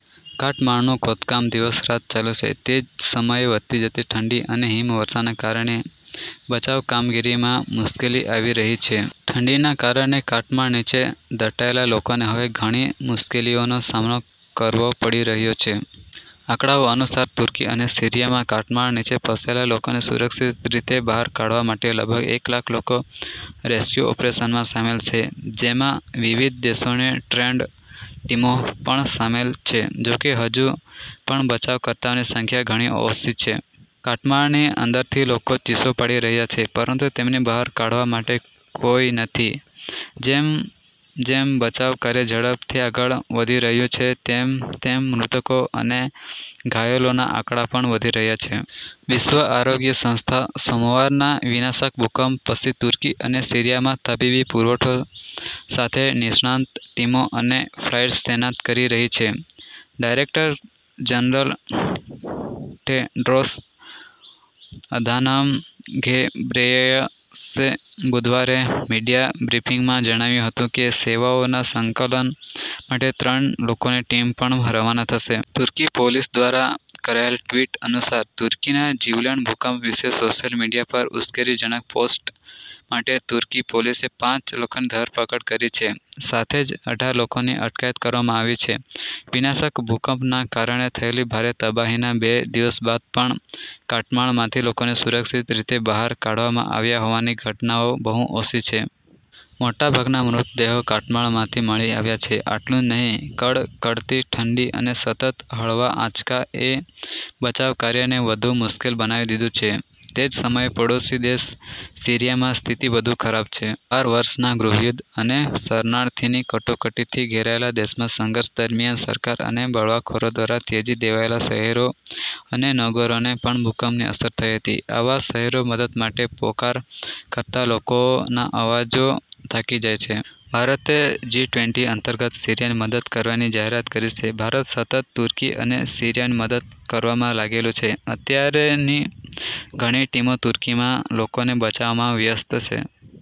કાટમાળનું ખોદકામ દિવસ-રાત ચાલુ છે. તે જ સમયે વધતી જતી ઠંડી અને હિમવર્ષાના કારણે બચાવ કામગીરીમાં મુશ્કેલી આવી રહી છે. ઠંડીના કારણે કાટમાળ નીચે દટાયેલા લોકોને હવે ઘણી મુશ્કેલીઓનો સામનો કરવો પડી રહ્યો છે. આંકડાઓ અનુસાર, તુર્કી અને સીરિયામાં કાટમાળ નીચે ફસાયેલા લોકોને સુરક્ષિત રીતે બહાર કાઢવા માટે લગભગ એક લાખ લોકો રેસ્ક્યુ ઓપરેશનમાં સામેલ છે, જેમાં વિવિધ દેશોની ટ્રેન્ડ ટીમો પણ સામેલ છે. જો કે, હજુ પણ બચાવકર્તાઓની સંખ્યા ઘણી ઓછી છે. કાટમાળની અંદરથી લોકો ચીસો પાડી રહ્યા છે, પરંતુ તેમને બહાર કાઢવા માટે કોઈ નથી. જેમ જેમ બચાવ કાર્ય ઝડપથી આગળ વધી રહ્યું છે તેમ તેમ મૃતકો અને ઘાયલોના આંકડા પણ વધી રહ્યા છે. વિશ્વ આરોગ્ય સંસ્થા સોમવારના વિનાશક ભૂકંપ પછી તુર્કી અને સીરિયામાં તબીબી પુરવઠો સાથે નિષ્ણાત ટીમો અને ફ્લાઇટ્સ તૈનાત કરી રહી છે. ડાયરેક્ટર-જનરલ ટેડ્રોસ અધાનમ ઘેબ્રેયસસે બુધવારે મીડિયા બ્રીફિંગમાં જણાવ્યું હતું કે સેવાઓના સંકલન માટે ત્રણ લોકોની ટીમ પણ રવાના થશે. તુર્કી પોલીસ દ્વારા કરાયેલ ટ્વિટ અનુસાર, તુર્કીના જીવલેણ ભૂકંપ વિશે સોશિયલ મીડિયા પર 'ઉશ્કેરણીજનક પોસ્ટ્સ' માટે તુર્કી પોલીસે પાંચ લોકોની ધરપકડ કરી છે. સાથે જ અઢાર લોકોની અટકાયત કરવામાં આવી છે. વિનાશક ભૂકંપના કારણે થયેલી ભારે તબાહીના બે દિવસ બાદ પણ કાટમાળમાંથી લોકોને સુરક્ષિત રીતે બહાર કાઢવામાં આવ્યા હોવાની ઘટનાઓ બહુ ઓછી છે. મોટા ભાગના મૃતદેહો કાટમાળમાંથી મળી આવ્યા છે. આટલું જ નહીં, કડકડતી ઠંડી અને સતત હળવા આંચકા એ બચાવ કાર્યને વધુ મુશ્કેલ બનાવી દીધું છે. તે જ સમયે, પડોશી દેશ સીરિયામાં સ્થિતિ વધુ ખરાબ છે. બાર વર્ષના ગૃહયુદ્ધ અને શરણાર્થીની કટોકટીથી ઘેરાયેલા દેશમાં સંઘર્ષ દરમિયાન સરકાર અને બળવાખોરો દ્વારા ત્યજી દેવાયેલા શહેરો અને નગરોને પણ ભૂકંપની અસર થઈ હતી. આવા શહેરો મદદ માટે પોકાર કરતા લોકોના અવાજો થાકી જાય છે. ભારતે જી-ટ્વેંટી અંતર્ગત સીરિયાને મદદ કરવાની જાહેરાત કરી છે। ભારત સતત તુર્કી અને સીરિયાની મદદ કરવામાં લાગેલું છે. અત્યારે ની ઘણી ટીમો તુર્કીમાં લોકોને બચાવવામાં વ્યસ્ત છે.